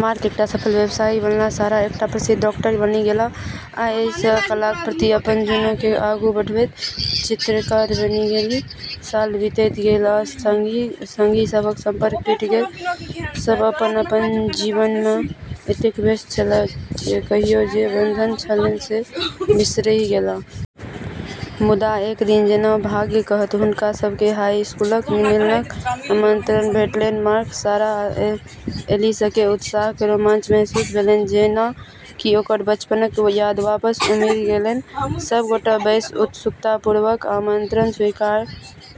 Mark एकटा सफल व्यवसायी बनलाह, सारा एकटा प्रसिद्ध डॉक्टर बनि गेलीह, आ ऐलिस कलाक प्रति अपन जुनूनकेँ आगू बढ़बैत चित्रकार बनि गेलीह। साल बीतैत गेल, आ संगी सभक संपर्क टूटि गेल। सभ अपन-अपन जीवन मे एतेक व्यस्त छलाह जे कहियो जे बंधन छलैन से बिसरि गेलाह। मुदा एक दिन जेना भाग्य कहत, हुनका सभकेँ हाई स्कूलक मिलनक आमंत्रण भेटलैन। मार्क, सारा आ ऐलिसकेँ उत्साहक रोमांच महसूस भेलैन, जेना कि ओकर बचपनक याद वापस उमड़ि गेलैन। सभ गोटे बेस उत्सुकतापूर्वक आमंत्रण स्वीकार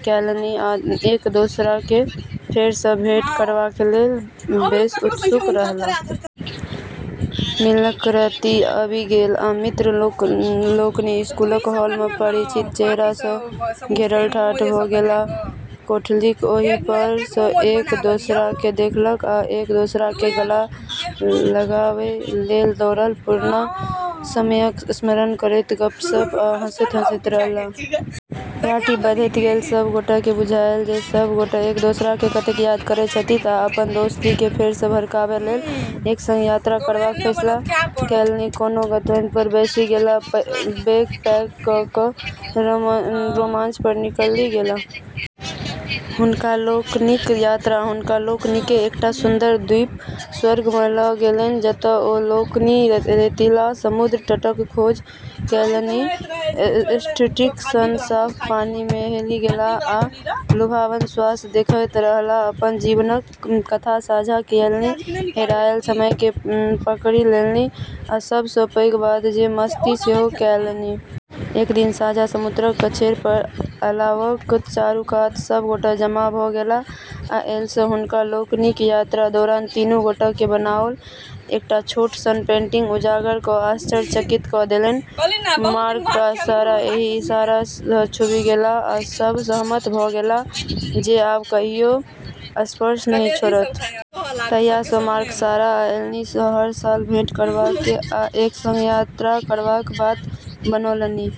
कएलनि आ एक दोसराकेँ फेर सँ भेंट करबाक लेल बेस उत्सुक रहलाह। मिलनक राति आबि गेल, आ मित्र लोकनि स्कूलक हॉल मे, परिचित चेहरा सँ घेरल ठाढ़ भऽ गेलाह। कोठलीक ओहि पार सँ एक दोसराकेँ देखलक आ एक दोसराकेँ गला लगाबै लेल दौड़ल। पुरना समयक स्मरण करैत गप्प-सप्प आ हँसैत-हँसैत रहलाह। राति बढ़ैत गेलै, सभ गोटेकेँ बुझायल जे सभ गोटे एक दोसराकेँ कतेक याद करैत छथि आ अपन दोस्तीकेँ फेर सँ भड़काबै लेल एक संग यात्रा करबाक फैसला कएलनि। कोनो गंतव्य पर बैसि गेलाह, बैग पैक कऽ कऽ रोमांच पर निकलि गेलाह। हुनका लोकनिक यात्रा हुनका लोकनिकेँ एकटा सुन्दर द्वीप स्वर्ग मे लऽ गेलैन, जतय ओ लोकनि रेतीला समुद्र तटक खोज कएलनि, स्फटिक सन साफ पानि मे हेलि गेलाह आ लुभावन सूर्यास्त देखैत रहलाह। अपन जीवनक कथा साझा कएलनि, हेरायल समयकेँ पकड़ि लेलनि, आ सभ सँ पैघ बात जे मस्ती सेहो कएलनि। एक दिन साँझ समुद्रक कछेर पर अलावक चारूकात सभ गोटे जमा भऽ गेलाह आ ऐलिस हुनका लोकनिकेँ यात्राक दौरान तीनू गोटेक बनाओल एकटा छोट सन पेंटिंग उजागर कऽ आश्चर्यचकित कऽ देलैन। मार्क आ सारा एहि इशारा सँ छूबि गेलाह, आ सभ सहमत भऽ गेलाह जे आब कहियो स्पर्श नहि छोड़त। तहिया सँ मार्क, सारा आ ऐलिस हर साल भेंट करबाक आ एक संग यात्रा करबाक बात बनौलनि।